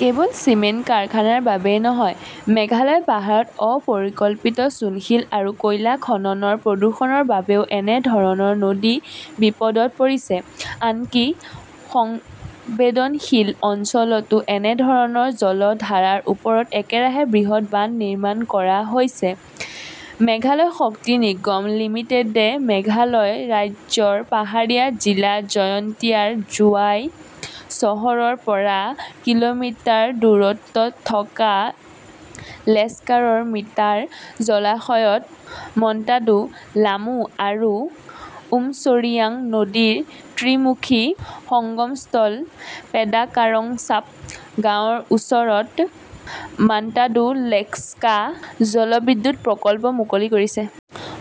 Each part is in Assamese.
কেৱল চিমেণ্ট কাৰখানাৰ বাবেই নহয়, মেঘালয় পাহাৰত অ-পৰিকল্পিত চূণশিল আৰু কয়লা খননৰ প্ৰদূষণৰ বাবেও একেধৰণৰ নদী বিপদত পৰিছে। আনকি সংবেদনশীল অঞ্চলটোত একে ধৰণৰ জলধাৰাৰ ওপৰত একেৰাহে বৃহৎ বান্ধ নিৰ্মাণ কৰা হৈছে। মেঘালয় শক্তি নিগম লিমিটেডে মেঘালয় ৰাজ্যৰ পাহাৰীয়া জিলা জয়ন্তীয়াৰ জোৱাই চহৰৰ পৰা কিলোমিটাৰ দূৰত্বত থকা লেস্কাৰৰ মিটাৰ জলাশয়ত মন্টাদু, লামু আৰু উমছৰিয়াং নদীৰ ত্ৰি-মুখী সঙ্গমস্থল পেডেকাংছাপ গাঁৱৰ ওচৰত মন্টাদু-লেস্কা জলবিদ্যুৎ প্ৰকল্প' মুকলি কৰিছে।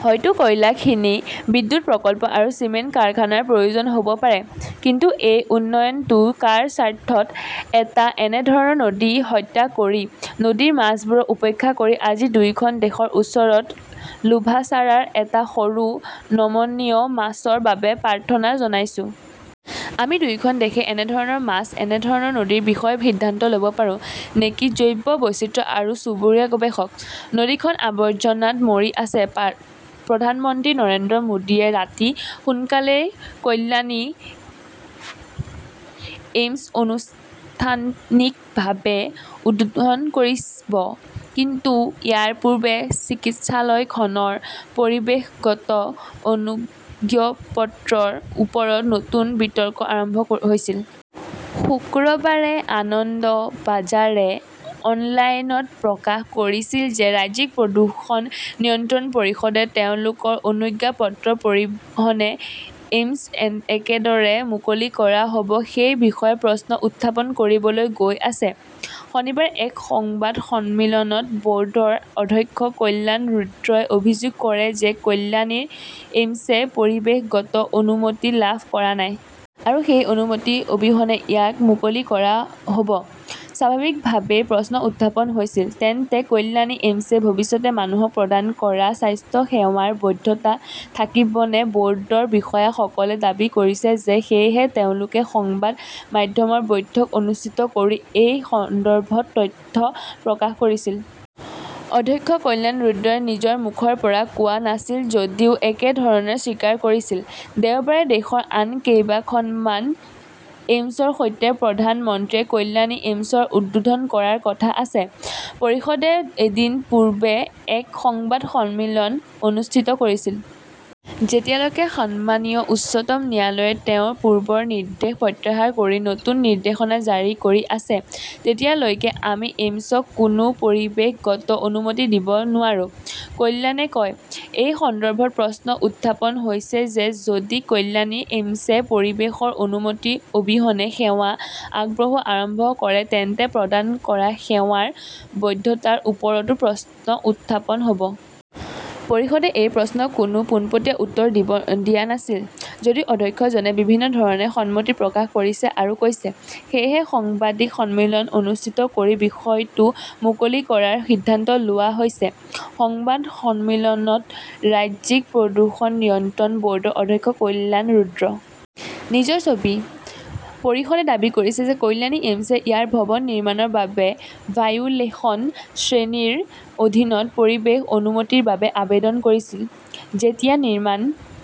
হয়তো কয়লা খনি, বিদ্যুৎ প্ৰকল্প আৰু চিমেণ্ট কাৰখানাৰ প্ৰয়োজন হ’ব পাৰে। কিন্তু এই উন্নয়নটো কাৰ স্বাৰ্থত, এটা একেধৰণৰ নদী হত্যা কৰি, নদীৰ মাছবোৰক উপেক্ষা কৰি আজি দুয়োখন দেশৰ ওচৰত লোভাচাৰাৰ এটা সৰু নমনীয় মাছৰ বাবে প্ৰাৰ্থনা জনাইছো। আমি দুয়োখন দেশে একেধৰণৰ মাছ, একেধৰণৰ নদীৰ বিষয়ে সিদ্ধান্ত ল’ব পাৰোঁ নেকি জৈৱ বৈচিত্ৰ্য আৰু চুবুৰীয়া গৱেষক। নদীখন আৱৰ্জনাত মৰি আছে প্ৰধানমন্ত্ৰী নৰেন্দ্ৰ মোদীয়ে ৰাতি সোনকালেই কল্যাণী এইমছ আনুষ্ঠানিকভাৱে উদ্বোধন কৰিব। কিন্তু ইয়াৰ পূৰ্বে চিকিৎসালয়খনৰ পৰিৱেশগত অনুজ্ঞাপত্ৰৰ ওপৰত নতুন বিতৰ্ক আৰম্ভ হৈছিল। শুকুৰবাৰে আনন্দবাজাৰে অনলাইনত প্ৰকাশ কৰিছিল যে ৰাজ্যিক প্ৰদূষণ নিয়ন্ত্ৰণ পৰিষদে তেওঁলোকৰ অনুজ্ঞাপত্ৰ অবিহনে এইমছ কেনেদৰে মুকলি কৰা হ’ব সেই বিষয়ে প্ৰশ্ন উত্থাপন কৰিবলৈ গৈ আছে। শনিবাৰে এক সংবাদ সন্মিলনত বৰ্ডৰ অধ্যক্ষ কল্যাণ ৰুদ্ৰই অভিযোগ কৰে যে কল্যাণীৰ এইমছে পৰিৱেশগত অনুমতি লাভ কৰা নাই। আৰু সেই অনুমতি অবিহনে ইয়াক মুকলি কৰা হ 'ব। স্বাভাৱিকভাৱেই প্ৰশ্ন উত্থাপন হৈছে, তেন্তে কল্যাণী এইমছে ভৱিষ্যতে মানুহক প্ৰদান কৰা স্বাস্থ্যসেৱাৰ বৈধতা থাকিবনে বৰ্ডৰ বিষয়াসকলে দাবী কৰিছে যে সেয়েহে তেওঁলোকে সংবাদ মাধ্যমৰ বৈঠক অনুষ্ঠিত কৰি এই সন্দৰ্ভত তথ্য প্ৰকাশ কৰিছিল। অধ্যক্ষ কল্যাণ ৰুদ্ৰই নিজৰ মুখৰ পৰা কোৱা নাছিল যদিও একেধৰণে স্বীকাৰ কৰিছিল। দেওবাৰে দেশৰ আন কেইখনমান এইমছৰ সৈতে প্ৰধানমন্ত্ৰীয়ে কল্যাণী এইমছ উদ্বোধন কৰাৰ কথা আছে। পৰিষদে এদিন পূৰ্বে এক সংবাদ সন্মিলন অনুষ্ঠিত কৰিছিল। যেতিয়ালৈকে সন্মানীয় উচ্চতম ন্যায়ালয়ে তেওঁৰ পূৰ্বৰ নিৰ্দেশ প্ৰত্যাহাৰ কৰি নতুন নিৰ্দেশ জাৰি কৰি আছে, তেতিয়ালৈকে আমি এইমছক কোনো পৰিৱেশগত অনুমতি দিব নোৱাৰো, কল্যাণে কয়। এই সন্দৰ্ভত প্ৰশ্ন উত্থাপন হৈছে যে যদি কল্যাণী এইমছে পৰিৱেশৰ অনুমতি অবিহনে সেৱা আগবঢ়োৱা আৰম্ভ কৰে তেন্তে প্ৰদান কৰা সেৱাৰ বৈধতাৰ ওপৰতো প্ৰশ্ন উত্থাপন হ’ব। পৰিষদে এই প্ৰশ্নৰ কোনো পোনপটীয়া উত্তৰ দিয়া নাছিল। যদিও অধ্যক্ষজনে বিভিন্ন ধৰণে সন্মতি প্ৰকাশ কৰিছে আৰু কৈছে, সেয়েহে সাংবাদিক সন্মিলন অনুষ্ঠিত কৰি বিষয়টো মুকলি কৰাৰ সিদ্ধান্ত লোৱা হৈছে। সংবাদ সন্মিলনত ৰাজ্যিক প্ৰদূষণ নিয়ন্ত্ৰণ বৰ্ডৰ অধ্যক্ষ কল্যাণ ৰুদ্ৰ। নিজৰ ছবি। পৰিষদে দাবী কৰিছে যে কল্যাণী এইমছে ইয়াৰ ভৱন নিৰ্মাণৰ বাবে ভাইওলেশন শ্ৰেণী ৰ অধীনত পৰিৱেশ অনুমতিৰ বাবে আবেদন কৰিছিল। যেতিয়া নিৰ্মাণ